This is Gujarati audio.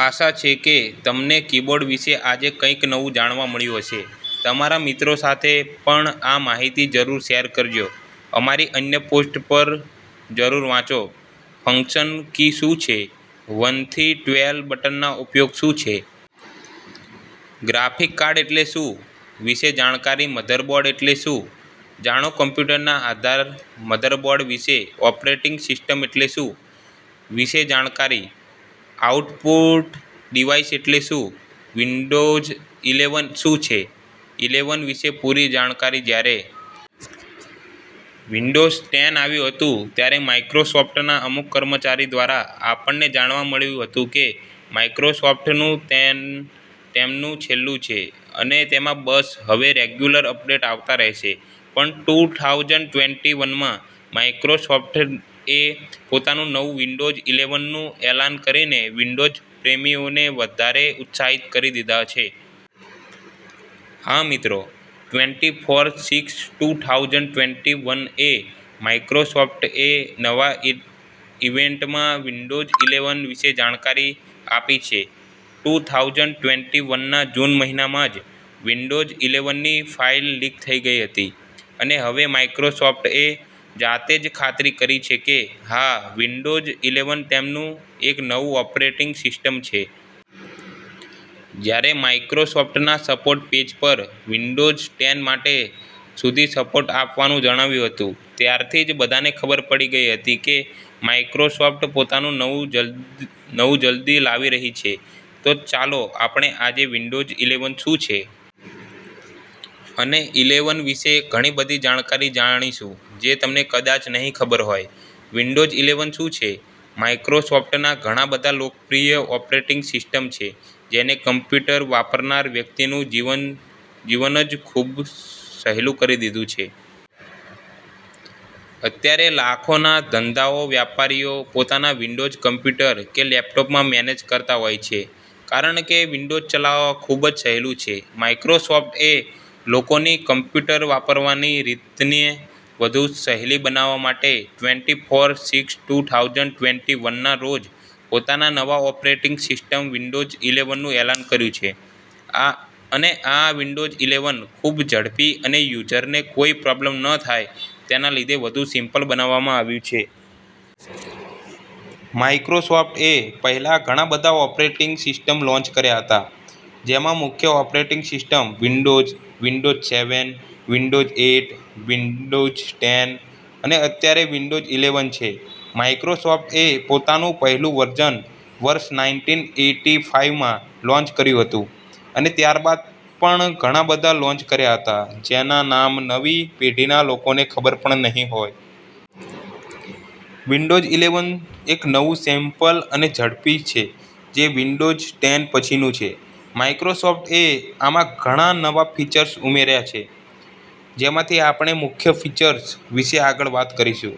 આશા છે કે તમને કીબોર્ડ વિશે આજે કઈક નવું જાણવા મળ્યું હશે. તમારા મિત્રો સાથે પણ આ માહિતી જરૂર શેર કરજો. અમારી અન્ય પોસ્ટ પણ જરૂર વાંચો. ફંક્શન કી શું છે? વન થી ટ્વેલ્વ બટનના ઉપયોગ શું છે? ગ્રાફિક કાર્ડ એટલે શું? વિશે જાણકારી મધરબોર્ડ એટલે શું? જાણો કમ્પ્યુટરના આધાર મધરબોર્ડ વિશે ઓપરેટિંગ સિસ્ટમ એટલે શું? વિશે જાણકારી આઉટપુટ ડિવાઇસ એટલે શું? વિન્ડોઝ ઇલેવન શું છે? ઇલેવન વિશે પૂરી જાણકારી જ્યારે વિન્ડોઝ ટેન આવ્યું હતું ત્યારે માઇક્રોસોફ્ટના અમુક કર્મચારી દ્વારા આપણને જાણવા મળ્યું હતું કે માઇક્રોસોફ્ટનું ટેન તેમનું છેલ્લું છે અને તેમાં બસ હવે રેગ્યુલર અપડેટ આવતા રહેશે પણ ટૂ થાઉસન્ડ ટ્વેન્ટી વનમાં માઇક્રોસોફ્ટએ પોતાનું નવું વિન્ડોઝ ઇલેવન નું એલાન કરીને વિન્ડોઝ પ્રેમીઓને વધારે ઉત્સાહિત કરી દીધા છે. હા મિત્રો ટ્વેન્ટી ફોર-સિક્સ-ટૂ થાઉસન્ડ ટ્વેન્ટી વનએ માઇક્રોસોફ્ટએ નવા ઇવેંટમાં વિન્ડોઝ ઇલેવન વિશે જાણકારી આપી છે. ટૂ થાઉસન્ડ ટ્વેન્ટી વનના જૂન મહિનામાં જ વિન્ડોઝ ઇલેવનની ફાઇલ લીક થઈ ગઈ હતી અને હવે માઇક્રોસોફ્ટએ જાતે જ ખાતરી કરી છે કે હા વિન્ડોઝ ઇલેવન તેમનું એક નવું ઓપરેટિંગ સિસ્ટમ છે. જ્યારે માઇક્રોસોફ્ટના સપોર્ટ પેજ પર વિન્ડોઝ ટેન માટે સુધી સપોર્ટ આપવાનું જણાવ્યુ હતું, ત્યારથી જ બધાને ખબર પડી ગઈ હતી કે માઇક્રોસોફ્ટ પોતાનું નવું જલ્દી લાવી રહી છે. તો ચાલો આપણે આજે વિન્ડોઝ ઇલેવન શું છે? અને ઇલેવન વિશે ઘણી બધી જાણકારી જાણીશું જે તમને કદાચ નહીં ખબર હોય. વિન્ડોઝ ઇલેવન શું છે? માઇક્રોસોફ્ટના ઘણા બધા લોકપ્રિય ઓપરેટિંગ સિસ્ટમ છે જેને કમ્પ્યુટર વાપરનાર વ્યક્તિનું જીવન જ ખૂબ સહેલું કરી દીધું છે. અત્યારે લાખોના ધંધાઓ વ્યાપારીઓ પોતાના વિન્ડોઝ કમ્પ્યુટર કે લેપટોપમાં મેનેજ કરતાં હોય છે કારણ કે વિન્ડોઝ ચલાવવામાં ખૂબ સહેલું છે. માઇક્રોસોફ્ટએ લોકોની કમ્પ્યુટર વાપરવાની રીતને વધુ સહેલી બનાવવા માટે ટ્વેન્ટી ફોર-સિક્સ-ટૂ થાઉસન્ડ ટ્વેન્ટી વનના રોજ પોતાના નવા ઓપરેટિંગ સિસ્ટમ વિન્ડોઝ ઇલેવનનું એલાન કર્યું છે અને આ વિન્ડોઝ ઇલેવન ખૂબ ઝડપી અને યુઝરને કોઈ પ્રોબ્લેમ ન થાય તેના લીધે વધુ સિમ્પલ બનાવવામાં આવ્યું છે. માઇક્રોસોફ્ટએ પહેલા ઘણા બધા ઓપરેટિંગ સિસ્ટમ લોન્ચ કર્યા હતા જેમાં મુખ્ય operating system Windows, Windows seven, Windows eight, Windows ten અને અત્યારે વિન્ડોઝ ઇલેવન છે, માઇક્રોસોફ્ટએ પોતાનું પહેલું વર્ઝન વર્ષ નાઈનટિન એઈટી ફાઈવમાં લોન્ચ કર્યું હતું અને ત્યારબાદ પણ ઘણા બધા લોન્ચ કર્યા હતા જેના નામ નવી પેઢીના લોકોને ખબર પણ નહીં હોય. વિન્ડોઝ ઇલેવન એક નવું સિમ્પલ અને ઝડપી છે જે વિન્ડોઝ ટેન પછીનું છે. માઇક્રોસોફ્ટએ આ માં ઘણા નવા ફીચર્સ ઉમેર્યા છે જેમાથી આપણે મુખ્ય ફીચર્સ વિશે આગળ વાત કરીશું.